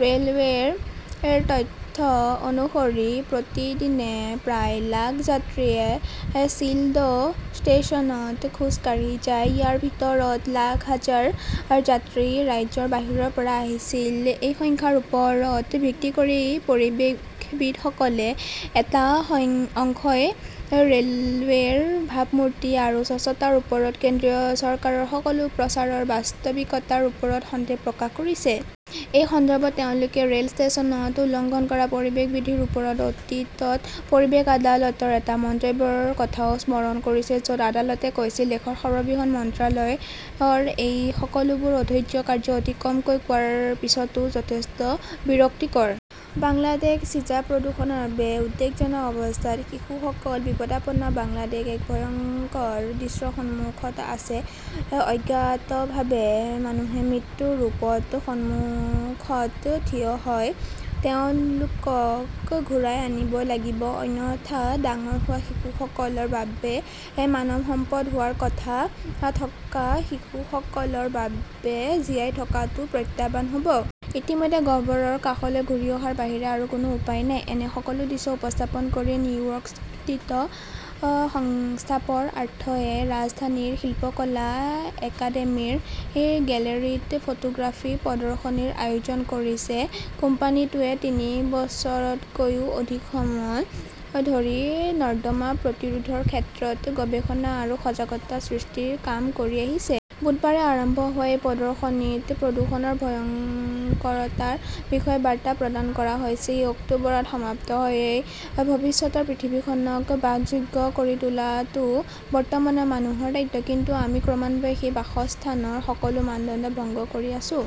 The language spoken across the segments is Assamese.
ৰে'লৱেৰ তথ্য অনুসৰি প্ৰতিদিনে প্ৰায় লাখ যাত্ৰীয়ে শ্বিলদহ ষ্টেচনত খোজ কাঢ়ি যায়। ইয়াৰ ভিতৰত লাখ হাজাৰ যাত্ৰী ৰাজ্যৰ বাহিৰৰ পৰা আহিছিল। এই সংখ্যাৰ ওপৰত ভিত্তি কৰি পৰিৱেশবিদসকলৰ এটা অংশই ৰে'লৱেৰ ভাবমূৰ্তি আৰু স্বচ্ছতাৰ ওপৰত কেন্দ্ৰীয় চৰকাৰৰ সকলো প্ৰচাৰৰ বাস্তৱিকতাৰ ওপৰতো সন্দেহ প্ৰকাশ কৰিছে। এই সন্দৰ্ভত তেওঁলোকে ৰে'ল ষ্টেচনত উলংঘন কৰা পৰিৱেশ বিধিৰ ওপৰত অতীতত পৰিৱেশ আদালতৰ এটা মন্তব্যৰ কথাও স্মৰণ কৰিছে। য 'ত আদালতে কৈছিল, দেশৰ সৰ্ববৃহৎ মন্ত্ৰালয় ৰ এই সকলোবোৰ অবৈধ কাৰ্য্য অতি কমকৈ কোৱাৰ পিছতো যথেষ্ট বিৰক্তিকৰ। বাংলাদেশ চিজা প্ৰদূষণৰ বাবে উদ্বেগজনক অৱস্থাত, শিশুসকল বিপদাপন্ন বাংলাদেশ এক ভয়ংকৰ দৃশ্যৰ সন্মুখত আছে। অজ্ঞাতভাৱে মানুহে মৃত্যুৰ ৰূপৰ সন্মুখত থিয় হয়। তেওঁলোকক ঘূৰাই আনিব লাগিব। অন্যথা ডাঙৰ হোৱা শিশুসকলৰ বাবে, মানৱ সম্পদ হোৱাৰ কথা থকা শিশুসকলৰ বাবে জীয়াই থকাটোৱেই প্ৰত্যাহ্বান হ'ব। ইতিমধ্যে গহ্বৰৰ কাষলৈ ঘূৰি অহাৰ বাহিৰে আৰু কোনো উপায় নাই। এনে সকলো দৃশ্য উপস্থাপন কৰি নিউয়ৰ্কস্থিত সংস্থাপৰ আৰ্থ এ ৰাজধানীৰ শিল্পকলা একাডেমীৰ গেলেৰীত ফটোগ্ৰাফী প্ৰদৰ্শনীৰ আয়োজন কৰিছে। কোম্পানীটোৱে তিনি বছৰতকৈও অধিক সময় ধৰি নৰ্দমা প্ৰতিৰোধৰ ক্ষেত্ৰত গৱেষণা আৰু সজাগতা সৃষ্টিৰ কাম কৰি আহিছে। বুধবাৰে আৰম্ভ হোৱা এই প্ৰদৰ্শনীত প্ৰদূষণৰ ভয়ংকৰতাৰ বিষয়ে বাৰ্তা প্ৰদান কৰা হৈছে। ই অক্টোবৰত সমাপ্ত হয়। ভৱিষ্যতৰ পৃথিৱীখনক বাসযোগ্য কৰি তোলাটো বৰ্তমানৰ মানুহৰ দায়িত্ব। কিন্তু আমি ক্ৰমান্বয়ে সেই বাসস্থানৰ সকলো মানদণ্ড ভংগ কৰি আছো।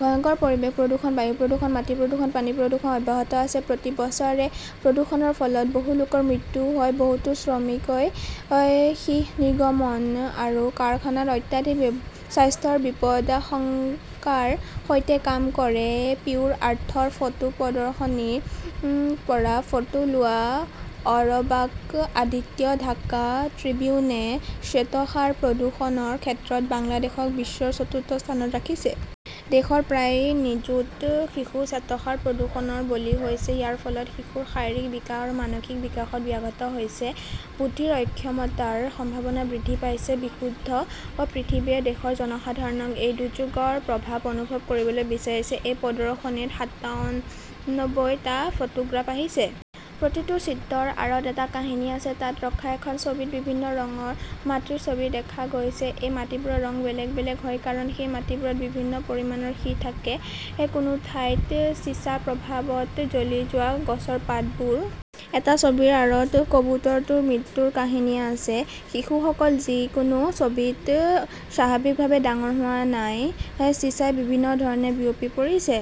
ভয়ংকৰ পৰিৱেশ প্ৰদূষণ, বায়ু প্ৰদূষণ, মাটি প্ৰদূষণ, পানী প্ৰদূষণ অব্যাহত আছে। প্ৰতি বছৰে প্ৰদূষণৰ ফলত বহু লোকৰ মৃত্যু হয়। বহুতো শ্ৰমিকই সীহ নিৰ্গমন কৰা কাৰখানাত অত্যাধিক স্বাস্থ্যৰ বিপদাশংকাৰ সৈতে কাম কৰে। পিউৰ আৰ্থৰ ফটো প্ৰদৰ্শনীৰ পৰা ফটো লোৱা অৰবাক আদিত্য ঢাকা ট্ৰিবিউনে শ্বেতসাৰ প্ৰদূষণৰ ক্ষেত্ৰত বাংলাদেশক বিশ্বৰ চতুৰ্থ স্থানত ৰাখিছে। দেশৰ প্ৰায় নিযুত শিশু শ্বেতসাৰ প্ৰদূষণৰ বলি হৈছে। ইয়াৰ ফলত শিশুৰ শাৰীৰিক বিকাশ আৰু মানসিক বিকাশত ব্যাঘাত ঘটিছে। বুদ্ধিৰ অক্ষমতাৰ সম্ভাৱনা বৃদ্ধি পাইছে। বিশুদ্ধ পৃথিৱীয়ে দেশৰ জনসাধাৰণক এই দুৰ্যোগৰ প্ৰভাৱ অনুভৱ কৰিবলৈ বিচাৰিছে। এই প্ৰদৰ্শনীত সাতানব্বৈ টা ফটোগ্ৰাফ আছে। প্ৰতিটো চিত্ৰৰ আঁৰত এটা কাহিনী আছে। তাত ৰখা এখন ছবিত বিভিন্ন ৰঙৰ মাটিৰ ছবি দেখা গৈছে। এই মাটিবোৰৰ ৰং বেলেগ বেলেগ হয় কাৰণ সেই মাটিবোৰত বিভিন্ন পৰিমাণৰ সীহ থাকে। কোনো ঠাইত চিছাৰ প্ৰভাৱত জ্বলি যোৱা গছৰ পাতবোৰ। এটা ছবিৰ আঁৰত কবুতৰটোৰ মৃত্যুৰ কাহিনী আছে। শিশুসকল যি কোনো ছবিত স্বাভাৱিকভাৱে ডাঙৰ হোৱা নাই। চিছাই বিভিন্ন ধৰণে বিয়পি পৰিছে।